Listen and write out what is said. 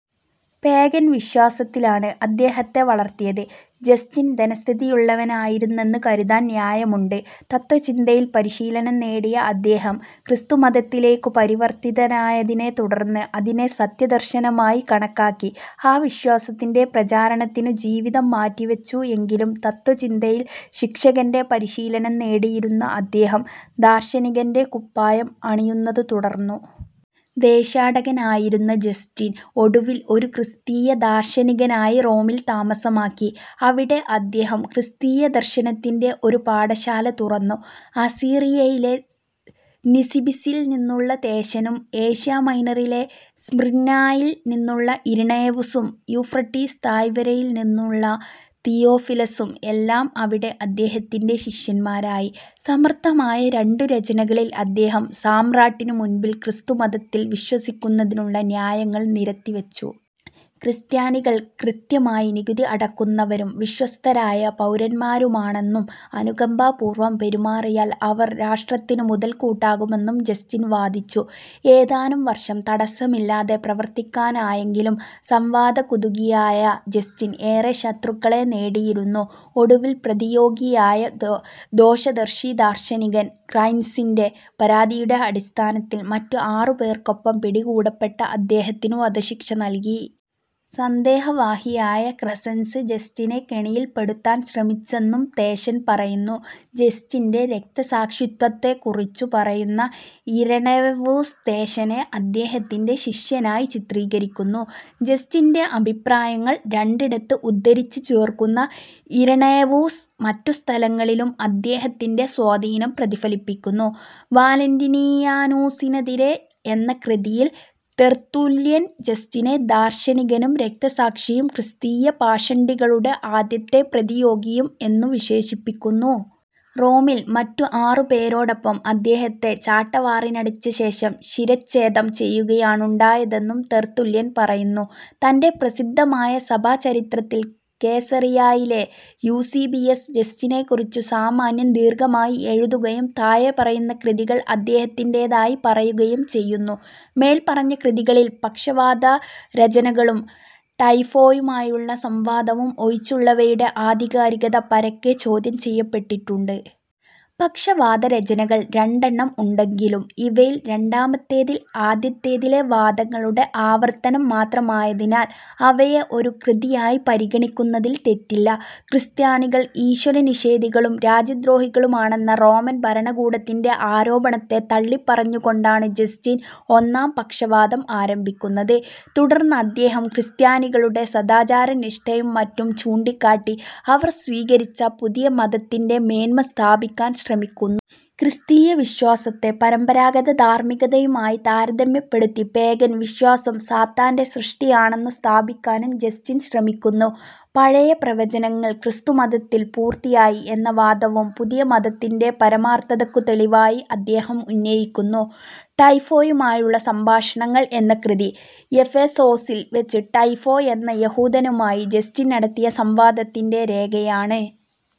Pagan വിശ്വാസത്തിലാണ് അദ്ദേഹത്തെ വളർത്തിയത്. ജസ്റ്റിൻ ധനസ്ഥിതിയുള്ളവനായിരുന്നെന്നു കരുതാൻ ന്യയമുണ്ട്. തത്ത്വചിന്തയിൽ പരിശീലനം നേടിയ അദ്ദേഹം ക്രിസ്തുമതത്തിലേക്കു പരിവർത്തിതനായതിനെ തുടർന്ന് അതിനെ സത്യദർശനമായി കണക്കാക്കി ആ വിശ്വാസത്തിന്റെ പ്രചാരണത്തിനു ജീവിതം മാറ്റിവച്ചു. എങ്കിലും, തത്ത്വചിന്തയിൽ ശിക്ഷകന്റെ പരിശീലം നേടിയിരുന്ന അദ്ദേഹം ദാർശനികന്റെ കുപ്പായം അണിയുന്നതു തുടർന്നു. ദേശാടകനായിരുന്ന ജസ്റ്റിൻ ഒടുവിൽ ഒരു ക്രിസ്തീയ ദാർശനികനായി റോമിൽ താമസമാക്കി. അവിടെ അദ്ദേഹം ക്രിസ്തീയദർശനത്തിന്റെ ഒരു പാഠശാല തുറന്നു. അസീറിയയിലെ നിസിബിസിൽ നിന്നുള്ള തേഷനും, ഏഷ്യാമൈനറിലെ സ്മിർനായിൽ നിന്നുള്ള ഇരണേവൂസും, യൂഫ്രട്ടീസ് താഴ്വരയിൽ നിന്നുള്ള തിയോഫിലസും എല്ലാം അവിടെ അദ്ദേഹത്തിന്റെ ശിഷ്യന്മാരായി. സമർത്ഥമായ രണ്ടു രചനകളിൽ അദ്ദേഹം സാമ്രാട്ടിനു മുൻപിൽ ക്രിസ്തുമതത്തിൽ വിശ്വസിക്കുന്നതിനുള്ള ന്യായങ്ങൾ നിരത്തിവച്ചു. ക്രിസ്ത്യാനികൾ കൃത്യമായി നികുതി അടയ്ക്കുന്നവരും വിശ്വസ്തരായ പൗരന്മാരുമാണെന്നും അനുകമ്പാപൂർവം പെരുമാറിയാൽ അവർ രാഷ്ട്രത്തിനു മുതക്കൂട്ടാകുമെന്നും ജസ്റ്റിൻ വാദിച്ചു. ഏതാനും വർഷം തടസ്സമില്ലാതെ പ്രവർത്തിക്കാനായെങ്കിലും സംവാദകുതുകിയായ ജസ്റ്റിൻ ഏറെ ശത്രുക്കളെ നേടിയിരുന്നു. ഒടുവിൽ പ്രതിയോഗിയായ ദോഷദർശി ദാർശനികൻ ക്രെസൻസിന്റെ പരാതിയുടെ അടിസ്ഥാനത്തിൽ മറ്റു ആറു പേർക്കൊപ്പം പിടികൂടപ്പെട്ട അദ്ദേഹത്തിനു വധശിക്ഷ നൽകി. സന്ദേഹവാദിയായ ക്രെസൻസ് ജസ്റ്റിനെ കെണിയിൽ പെടുത്താൻ ശ്രമിച്ചെന്നും തേഷൻ പറയുന്നു. ജസ്റ്റിന്റെ രക്തസാക്ഷിത്വത്തെക്കുറിച്ചു പറയുന്ന ഇരണേവൂസ് തേഷനെ അദ്ദേഹത്തിന്റെ ശിഷ്യനായി ചിത്രീകരിക്കുന്നു. ജസ്റ്റിന്റെ അഭിപ്രായങ്ങൾ രണ്ടിടത്ത് ഉദ്ധരിച്ചു ചേർക്കുന്ന ഇരണേവൂസ് മറ്റു സ്ഥലങ്ങളിലും അദ്ദേഹത്തിന്റെ സ്വാധീനം പ്രതിഫലിപ്പിക്കുന്നു. "വാലന്റീനിയാനൂസിനെതിരെ" എന്ന കൃതിയിൽ തെർത്തുല്യൻ ജസ്റ്റിനെ ദാർശനികനും രക്തസാക്ഷിയും, ക്രിസ്തീയ പാഷണ്ഡികളുടെ ആദ്യത്തെ പ്രതിയോഗിയും എന്നു വിശേഷിപ്പിക്കുന്നു. റോമിൽ മറ്റു ആറു പേരോടൊപ്പം അദ്ദേഹത്തെ ചാട്ടവാറിനടിച്ച ശേഷം ശിരഛേദം ചെയ്യുകയാണുണ്ടായതെന്നും തെർത്തുല്യൻ പറയുന്നു. തന്റെ പ്രസിദ്ധമായ സഭാചരിത്രത്തിൽ കേസറിയായിലെ യൂസീബിയസ് ജസ്റ്റിനെക്കുറിച്ചു സാമാന്യം ദീർഘമായി എഴുതുകയും, താഴെപ്പറയുന്ന കൃതികൾ അദ്ദേഹത്തിന്റേതായി പറയുകയും ചെയ്യുന്നു: മേല്പറഞ്ഞ കൃതികളിൽ, പക്ഷവാദരചനകളും, ടൈഫോയുമായുള്ള സംവാദവും ഒഴിച്ചുള്ളവയുടെ ആധികാരികത പരക്കെ ചോദ്യം ചെയ്യപ്പെട്ടിട്ടുണ്ട്. പക്ഷവാദരചനകൾ രണ്ടെണ്ണം ഉണ്ടെങ്കിലും ഇവയിൽ രണ്ടാമത്തേതിൽ ആദ്യത്തേതിലെ വാദങ്ങളുടെ ആവർത്തനം മാത്രമായതിനാൽ, അവയെ ഒരു കൃതിയായി പരിഗണിക്കുന്നതിൽ തെറ്റില്ല. ക്രിസ്ത്യാനികൾ ഈശ്വരനിഷേധികളും രാജ്യദ്രോഹികളുമാണെന്ന റോമൻ ഭരണകൂടത്തിന്റെ ആരോപണത്തെ തള്ളിപ്പറഞ്ഞുകൊണ്ടാണ് ജസ്റ്റിൻ ഒന്നാം പക്ഷവാദം ആരംഭിക്കുന്നത്. തുടർന്നദ്ദേഹം ക്രിസ്ത്യാനികളുടെ സദാചാരനിഷ്ഠയും മറ്റും ചൂണ്ടിക്കാട്ടി അവർ സ്വീകരിച്ച പുതിയ മതത്തിന്റെ മേന്മ സ്ഥാപിക്കാൻ ശ്രമിക്കുന്നു. ക്രിസ്തീയവിശ്വാസത്തെ പരമ്പരാഗതധാർമ്മികതയുമായി താരതമ്യപ്പെടുത്തി പേഗൻ വിശ്വാസം സാത്താന്റെ സൃഷ്ടിയാണെന്നു സ്ഥാപിക്കാനും ജസ്റ്റിൻ ശ്രമിക്കുന്നു. പഴയ പ്രവചനങ്ങൾ ക്രിസ്തുമതത്തിൽ പൂർത്തിയായി എന്ന വാദവും പുതിയ മതത്തിന്റെ പരമാർത്ഥതയ്ക്കു തെളിവായി അദ്ദേഹം ഉന്നയിക്കുന്നു. "ടൈഫോയുമായുള്ള സംഭാഷണങ്ങൾ" എന്ന കൃതി എഫേസോസിൽ വച്ച് ടൈഫോ എന്ന യഹൂദനുമായി ജസ്റ്റിൻ നടത്തിയ സംവാദത്തിന്റെ രേഖയാണ്.